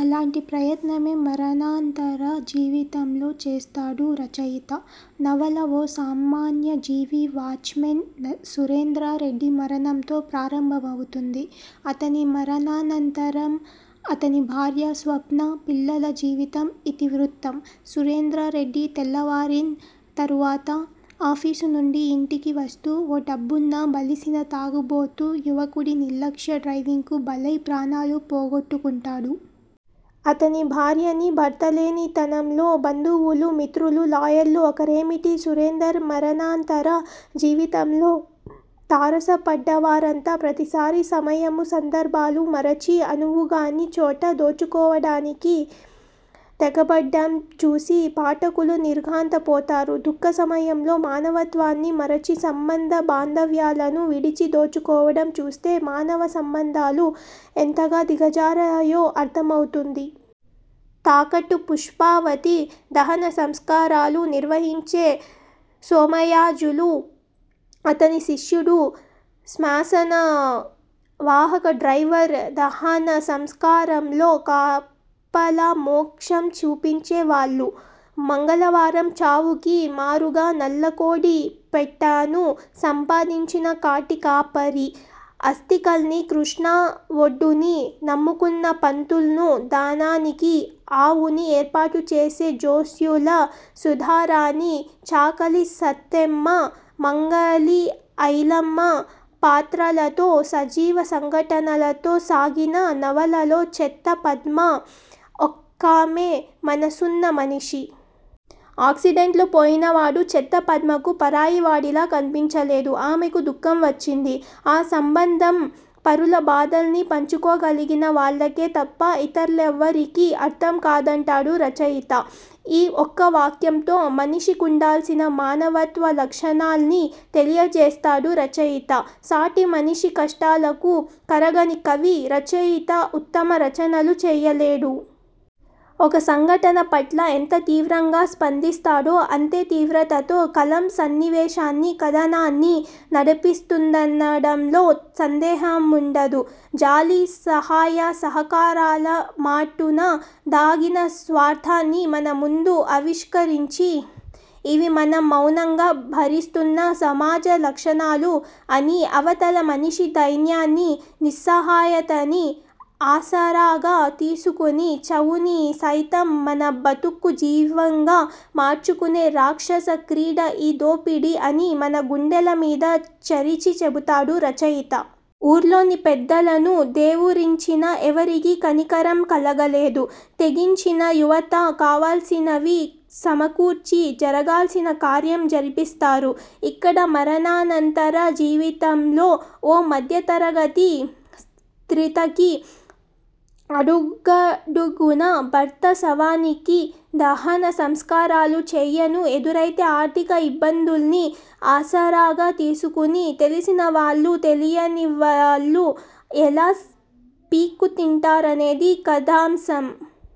అలాంటి ప్రయత్నమే 'మరణానంతర జీవితం'లో చేస్తాడు రచయిత. నవల ఓ సామాన్య జీవి- వాచ్మెన్ సురేందర్రెడ్డి మరణంతో ప్రారంభమవుతుంది. అతని మరణానంతరం అతని భార్య స్వప్న, పిల్లల జీవితం ఇతివృత్తం. సురేందర్రెడ్డి తెల్లవారిం తరువాత ఆఫీసు నుండి ఇంటికి వస్తూ ఓ డబ్బున్న, బలిసిన తాగుబోతు యువకుడి నిర్లక్ష్య డ్రైవింగ్కు బలై ప్రాణాలు పోగొట్టుకుంటాడు. అతని భార్యని- భర్తలేనితనంలో- బంధువులూ, మిత్రులూ, లాయర్లూ ఒకరేమిటి, సురేందర్ మరణానంతర జీవితంలో తారసపడ్డవారంతా ప్రతిసారి సమయము సందర్భాలు మరచి, అనువుగాని చోట దోచుకోవడానికి తెగబడ్డం చూసి పాఠకులు నిర్ఘాంతపోతారు. దుఃఖ సమయంలో మానవత్వాన్ని మరచి, సంబంధ బాంధవ్యాలను విడిచి దోచుకోవడం చూస్తే మానవ సంబంధాలు ఎంతగా దిగజారాయో అర్థమవుతుంది. తాకట్టు పుష్పావతి, దహన సంస్కారాలు నిర్వహించే సోమయాజులు, అతని శిష్యుడు, శ్మశాన వాహక డ్రైవర్, దహన సంస్కారంలో కపాల మోక్షం చూపించే వాళ్ళు, మంగళవారం చావుకి మారుగా నల్లకోడి పెట్టను సంపాదించిన కాటి కాపరి, అస్థికల్నీ కృష్ణా ఒడ్డునీ నమ్ముకున్న పంతుళ్ళు, దానానికి ఆవుని ఏర్పాటు చేసే జోస్యుల సుధారాణి, చాకలి సత్తెమ్మ, మంగలి ఐలమ్మ పాత్రలతో సజీవ సంఘటనలతో సాగిన నవలలో చెత్త పద్మ ఒక్కామే మనసున్న మనిషి. ఆక్సిడెంట్లో పోయినవాడు చెత్త పద్మకు పరాయివాడిలా కన్పించలేదు. ఆమెకు దుఃఖం వచ్చింది. ఆ సంబంధం పరుల బాధల్ని పంచుకోగలిగిన వాళ్ళకే తప్ప ఇతర్లెవ్వరికీ అర్థం కాదంటాడు రచయిత. ఈ ఒక్క వాక్యంతో మనిషి కుండాల్సిన మానవత్వ లక్షణాల్ని తెలియజేస్తాడు రచయిత. సాటి మనిషి కష్టాలకు కరగని కవి, రచయిత ఉత్తమ రచనలు చెయ్యలేడు. ఒక సంఘటన పట్ల ఎంత తీవ్రంగా స్పందిస్తాడో అంతే తీవ్రతతో కలం సన్నివేశాన్నీ కథనాన్నీ నడిపిస్తుందనడంలో సందేహముండదు. జాలి, సహాయ సహకారాల మాటున దాగిన స్వార్థాన్ని మన ముందు ఆవిష్కరించి, ఇవీ మనం మౌనంగా భరిస్తున్న సమాజ లక్షణాలు అనీ, అవతల మనిషి దైన్యాన్నీ నిస్సహాయతనీ ఆసరాగా తీసుకుని చావుని సైతం మన బతుక్కు జీవంగా మార్చుకునే రాక్షస క్రీడ ఈ దోపిడీ అనీ మన గుండెల మీద చరిచి చెబుతాడు రచయిత. ఊర్లోని పెద్దల ను దేవురించినా ఎవరికీ కనికరం కలగలేదు. తెగించిన యువత కావాల్సినవి సమకూర్చి జరగాల్సిన కార్యం జరిపిస్తారు. ఇక్కడ 'మరణానంతర జీవితం'లో ఓ మధ్యతరగతి సీ్త్రకి అడుగడుగునా భర్త శవానికి దహన సంస్కారాలు చెయ్యను ఎదురైన ఆర్థిక ఇబ్బందుల్ని ఆసరాగా తీసుకుని తెలిసిన వాళ్ళూ తెలియనివాళ్ళూ ఎలా పీక్కుతింటారనేది కథాంశం.